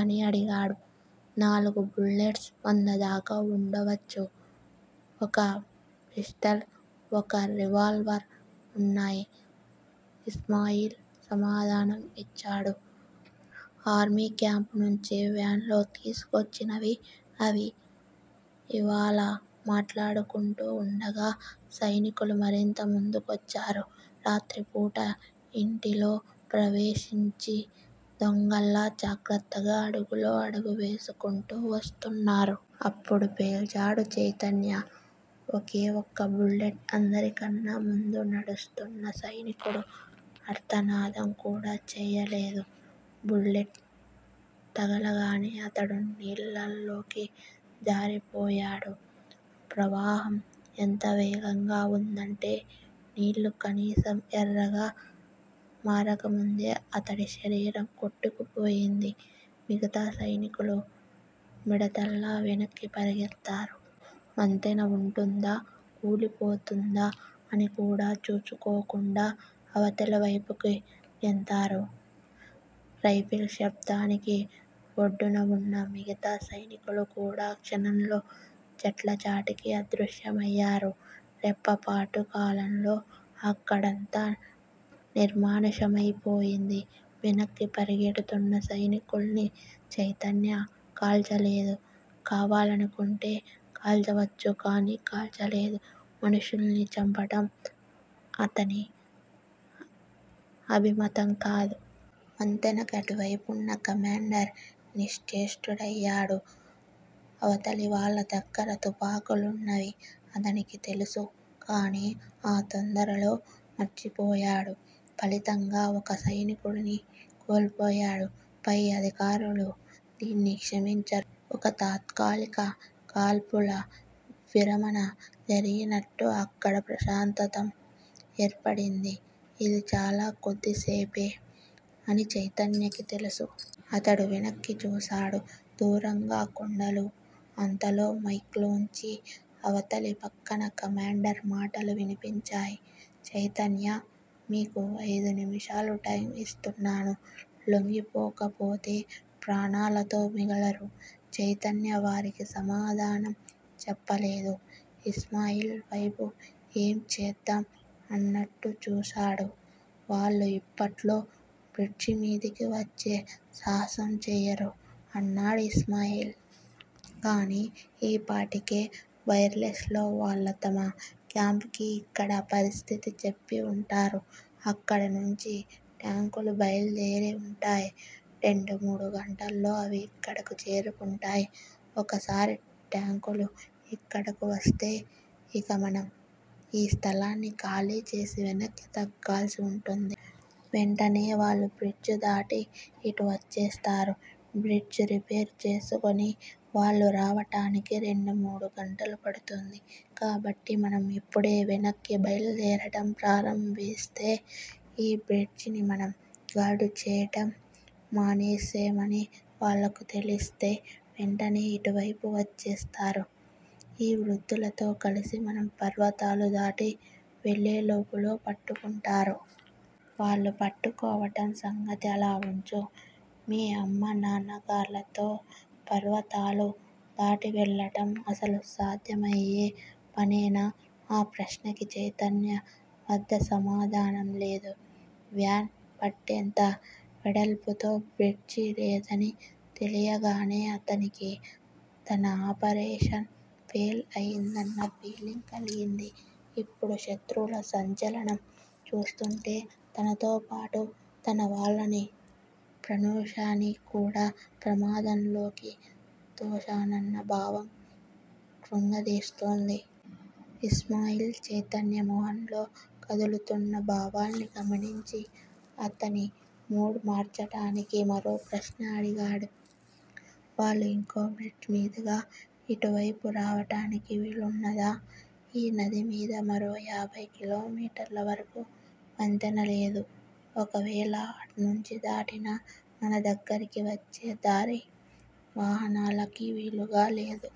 అని అడిగాడు. నాలుగు. బుల్లెట్స్ వందదాకా వుండవచ్చు. ఒక పిస్టల్, ఒక రివాల్వర్ వున్నాయి ఇస్మాయిల్ సమాధానం ఇచ్చాడు. ఆర్మీ క్యాంప్ నుంచి వ్యాన్ లో తీసుకొచ్చినవి అవి. వీళ్ళలా మాట్లాడుకుంటూ వుండగా సైనికులు మరింత ముందుకొచ్చారు. రాత్రిపూట ఇంటిలో ప్రవేసించి దొంగల్లా జాగ్రత్తగా అడుగులో అడుగు వేసుకుంటూ వస్తున్నారు. అప్పుడు పేల్చాడు చైతన్య. ఒకే ఒక బుల్లెట్. అందరికన్నా ముందు నడుస్తూన్న సైనికుడు ఆర్తనాదం కూడా చెయ్యలేదు. బుల్లెట్ తగలగానే అతడు నీళ్ళలోకి జారిపోయాడు. ప్రవాహం ఎంత వేగంగా వుందంటే, నీళ్ళు కనీసం ఎర్రగా మారకముందే అతడి శరీరం కొట్టుకుపోయింది. మిగతా సైనికులు మిడతల్లా వెనక్కి పరుగెత్తారు. వంతెన వుంటుందా, కూలిపోతుందా అనికూడా చూసుకోకుండా అవతలివైపుకి గెంతారు. రైఫిల్ శబ్దానికి ఒడ్డున వున్న మిగతా సైనికులుకూడా క్షణంలో చెట్లచాటుకి అదృశ్యమయ్యారు. రెప్పపాటు కాలంలో అక్కడంతా నిర్మానుష్యమై పోయింది. వెనక్కి పరిగెడుతున్న సైనికుల్ని చైతన్య కాల్చలేదు. కావాలనుకుంటే కాల్చవచ్చు కానీ కాల్చలేదు. మనుషుల్ని చంపటం అతని అభిమతం కాదు. వంతెనకి అటువైపునున్న కమాండర్ నిశ్చేష్టుడయ్యాడు. అవతలివాళ్ళ దగ్గర తుపాకులున్నవని అతడికి తెలుసు. కానీ ఆ తొందరలో మర్చిపోయాడు ఫలితంగా ఒక సైనికుడిని కోల్పోయాడు. పై అధికారులు దీన్ని క్షమించరు. ఒక్క తాత్కాలిక కాల్పుల విరమణ జరిగినట్టు అక్కడ ప్రశాంతత ఏర్పడింది. ఇది చాలా కొద్దిసేపే అని చైతన్యకి తెలుసు. అతడు వెనక్కి చూశాడు. దూరంగా కొండలు అంతలో మైక్ లోంచి అవతలిపక్క కమాండర్ మాటలు వినిపించాయి. చైతన్యా! మీకు అయిదు నిముషాలు టైము ఇస్తున్నాను. లొంగిపోకపోతే ప్రాణాలతో మిగలరు. చైతన్య వారికి సమాధానం చెప్పలేదు. ఇస్మాయిల్ వైపు 'ఏం చేద్దాం' అన్నట్టు చూశాడు. వాళ్ళు ఇప్పట్లో బ్రిడ్జి మీదకు వచ్చే సాహసం చెయ్యరు అన్నాడు ఇస్మాయిల్. కానీ ఈపాటికే వైర్ లెస్ లో వాళ్ళు తమ క్యాంప్ కి ఇక్కడి పరిస్థితి చెప్పి వుంటారు. అక్కడనుంచి టాంకులు బయలుదేరి వుంటాయి. రెండు మూడు గంటల్లో అవి ఇక్కడకు చేరుకుంటాయి. ఒక్కసారి టాంకులు ఇక్కడకు వస్తే ఇక మనం ఈ స్థలం ఖాళీచేసి వెనక్కి తగ్గాల్సి వుంటుంది. వెంటనే వాళ్ళు బ్రిడ్జిదాటి ఇటు వచ్చేస్తారు. బ్రిడ్జి రిపేరు చేసుకుని వాళ్ళు రావటానికి రెండు మూడు గంటలు పడుతుంది కాబట్టి మనం ఇప్పుడే వెనక్కి బయలుదేరటం ప్రారంభిస్తే. ఈ బ్రిడ్జిని మనం గార్డుచేయటం మానేసేమని వాళ్ళకు తెలిస్తే వెంటనే ఇటువైపు వచ్చేస్తారు. ఈ వృద్ధులతో కలిసి మనం పర్వతాలు దాటి వెళ్ళేలోపులో పట్టుకుంటారు. వాళ్ళు పట్టుకోవటం సంగతి అలా వుంచు. మీ అమ్మానాన్నగార్లతో పర్వతాలు దాటివెళ్ళటం అసలు సాధ్యమయ్యే పనేనా? ఆ ప్రశ్నకి చైతన్య వద్ద సమాధానం లేదు. వ్యాన్ పట్టేంత వెడల్పుతో బ్రిడ్జి లేదని తెలియగానే అతనికి తన ఆపరేషన్ ఫెయిల్ అయిందన్న ఫీలింగ్ కలిగింది. ఇప్పుడు శత్రువుల సంచలనం చూస్తూంటే, తనతోపాటు తన వాళ్ళనీ, ప్రనూషనీ కూడా ప్రమాదంలోకి తోశానన్న భావం కృంగదీస్తోంది. ఇస్మాయిల్ చైతన్య మొహంలో కదులుతూన్న భావాల్ని గమనించి, అతని మూడ్ మార్చటానికి మరో ప్రశ్న అడిగాడు. వాళ్ళు ఇంకో బ్రిడ్జి మీదుగా ఇటువైపు రావటానికి వీలున్నదా? ఈ నదిమీద మరో యాభై కిలోమీటర్ల వరకూ వంతెనలేదు. ఒకవేళ అట్నుంచి దాటినా, మన దగ్గరికి వచ్చే దారి వాహనాలకి వీలుగా లేదు.